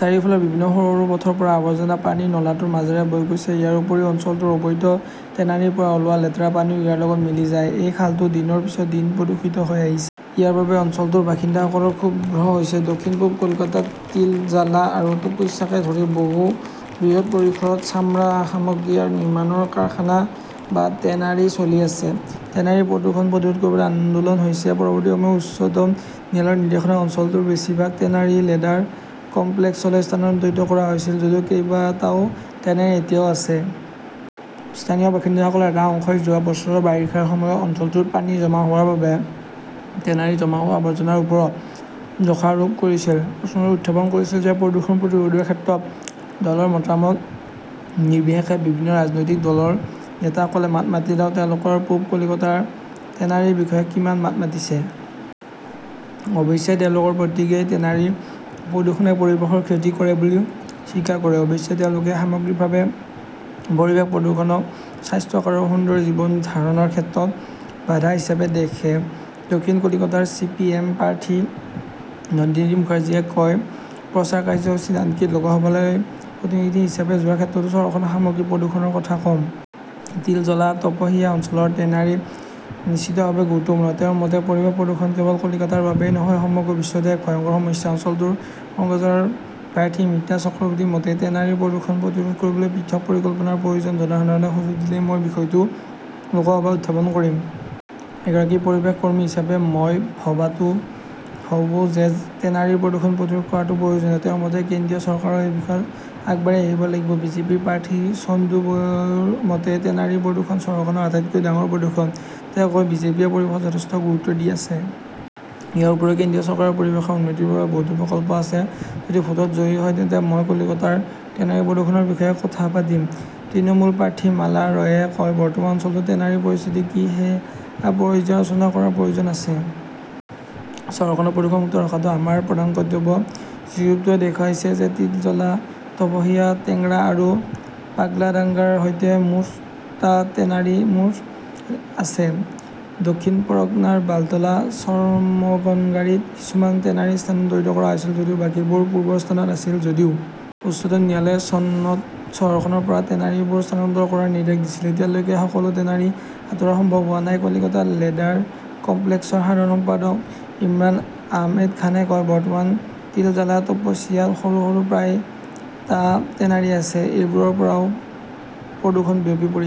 চাৰিওফালৰ বিভিন্ন সৰু - সৰু পথৰ পৰা আৱৰ্জনা পানী নলাটোৰ মাজেৰে বৈ গৈছে। ইয়াৰ উপৰিও অঞ্চলটোৰ অবৈধ টেনাৰীৰ পৰা ওলোৱা লেতেৰা পানীও ইয়াৰ লগত মিলি যায়। এই খালটো দিনৰ পিছত দিন প্ৰদূষিত হৈ আহিছে। ইয়াৰ বাবে অঞ্চলটোৰ বাসিন্দাসকলেও ক্ষুব্ধ হৈছিল। দক্ষিণ-পূব কলকাতাত তিলজালা আৰু তপস্যাকে ধৰি বহু বৃহৎ পৰিসৰত চামৰা সামগ্ৰী নিৰ্মাণৰ কাৰখানা বা টেনাৰী চলি আছে। টেনাৰীৰ প্ৰদূষণ প্ৰতিৰোধ কৰিবলৈ আন্দোলন হৈছে। পৰৱৰ্তী সময়ত উচ্চতম ন্যায়ালয়ৰ নিৰ্দেশত অঞ্চলটোৰ বেছিভাগ টেনাৰী লেদাৰ কমপ্লেক্সলৈ স্থানান্তৰিত কৰা হৈছিল যদিও কেইবাটাও টেনাৰী এতিয়াও আছে। স্থানীয় বাসিন্দাসকলৰ এটা অংশই যোৱা বছৰৰ বাৰিষাৰ সময়ত অঞ্চলটোত পানী জমা হোৱাৰ বাবে টেনাৰীৰ জমা হোৱা আৱৰ্জনাৰ ওপৰত দোষাৰোপ কৰিছিল। প্ৰশ্নটো উত্থাপন হৈছে যে প্ৰদূষণ প্ৰতিৰোধৰ ক্ষেত্ৰত দলৰ মতামত নিৰ্বিশেষে বিভিন্ন ৰাজনৈতিক দলৰ নেতাসকলে মাত মাতিলেও তেওঁলোকে পূব কলকাতাৰ টেনাৰীৰ বিষয়ে কিমান মাত মাতিছে? অৱশ্যে, তেওঁলোকৰ প্ৰত্যেকেই টেনাৰীৰ প্ৰদূষণে পৰিৱেশৰ ক্ষতি কৰে বুলি স্বীকাৰ কৰে। অৱশ্যে, তেওঁলোকে সামগ্ৰিকভাৱে পৰিৱেশ প্ৰদূষণক স্বাস্থ্যকৰ আৰু সুন্দৰ জীৱন ধাৰণৰ ক্ষেত্ৰত বাধা হিচাপে দেখে। দক্ষিণ কলকাতাৰ চি. পি. এম. ৰ প্ৰাৰ্থী নন্দিনী মুখাৰ্জীয়ে কয়, প্ৰচাৰ কাৰ্যসূচীত, আনকি লোকসভালৈ প্ৰতিনিধি হিচাপে যোৱাৰ ক্ষেত্ৰতো, চহৰখনৰ সামগ্ৰিক প্ৰদূষণৰ কথা কম। তিলজলা বা তপসিয়া অঞ্চলৰ টেনাৰী নিশ্চিতভাৱে গুৰুত্বপূৰ্ণ। তেওঁৰ মতে, পৰিৱেশ প্ৰদূষণ কেৱল কলকাতাৰ বাবেই নহয়, সমগ্ৰ বিশ্বতে এক ভয়ংকৰ সমস্যা। অঞ্চলটোৰ কংগ্ৰেছৰ প্ৰাৰ্থী মিতা চক্ৰৱৰ্তীৰ মতে, টেনাৰীৰ প্ৰদূষণ প্ৰতিৰোধ কৰিবলৈ পৃথক পৰিকল্পনাৰ প্ৰয়োজন। জনসাধাৰণে সুযোগ দিলে মই বিষয়টো লোকসভাত উত্থাপন কৰিম। এগৰাকী পৰিৱেশ কৰ্মী হিচাপেও মই ভাবো যে টেনাৰীৰ প্ৰদূষণ প্ৰতিৰোধ কৰাটো প্ৰয়োজনীয়। তেওঁৰ মতে, কেন্দ্ৰীয় চৰকাৰেও এই বিষয়ত আগবাঢ়ি আহিব লাগিব। বিজেপিৰ প্ৰাৰ্থী চন্দ্ৰ বসুৰ মতে, টেনাৰীৰ প্ৰদূষণ চহৰখনৰ আটাইতকৈ ডাঙৰ প্ৰদূষণ। তেওঁ কয়, বিজেপিয়ে পৰিৱেশক যথেষ্ট গুৰুত্ব দি আছে। ইয়াৰ উপৰিও, কেন্দ্ৰীয় চৰকাৰৰ পৰিৱেশৰ উন্নতিৰ বাবে বহুতো প্ৰকল্প আছে। যদি ভোটত জয়ী হয়, তেন্তে মই কলকাতাৰ টেনাৰীৰ প্ৰদূষণৰ বিষয়ে কথা পাতিম। তৃণমূলৰ প্ৰাৰ্থী মালা ৰয়ে কয়, বৰ্তমান অঞ্চলটোত টেনাৰীৰ পৰিস্থিতি কি সেয়া পৰ্যালোচনা কৰাৰ প্ৰয়োজন আছে। চহৰখনক প্ৰদূষণমুক্ত ৰখাটো আমাৰ প্ৰধান কৰ্তব্য। জৰীপটোৱে দেখুৱাইছে যে তিলজলা, তপসিয়া, টেংৰা আৰু পাগলাডাঙ্গাৰ সৈতে মুঠ টা টেনাৰী আছিল। দক্ষিণ পৰগনাৰ বান্টলা চৰমনগৰীত কিছুমান টেনাৰী স্থানান্তৰিত কৰা হৈছিল যদিও বাকীবোৰ পূৰ্বৰ স্থানত আছিল। যদিও উচ্চতম ন্যায়ালয়ে চনত চহৰখনৰ পৰা টেনাৰীবোৰ স্থানান্তৰ কৰাৰ নিৰ্দেশ দিছিল, এতিয়ালৈকে সকলো টেনাৰী আঁতৰোৱাটো সম্ভৱ হোৱা নাই, কলিকতা লেদাৰ কমপ্লেক্সৰ সাধাৰণ সম্পাদক ইমৰান আহমেদ খানে কয়। বৰ্তমান তিলজালা-তপছিয়াত সৰু - সৰু প্ৰায় টা টেনাৰী আছে। সেইবোৰৰ পৰাও প্ৰদূষণ বিয়পি পৰিছে।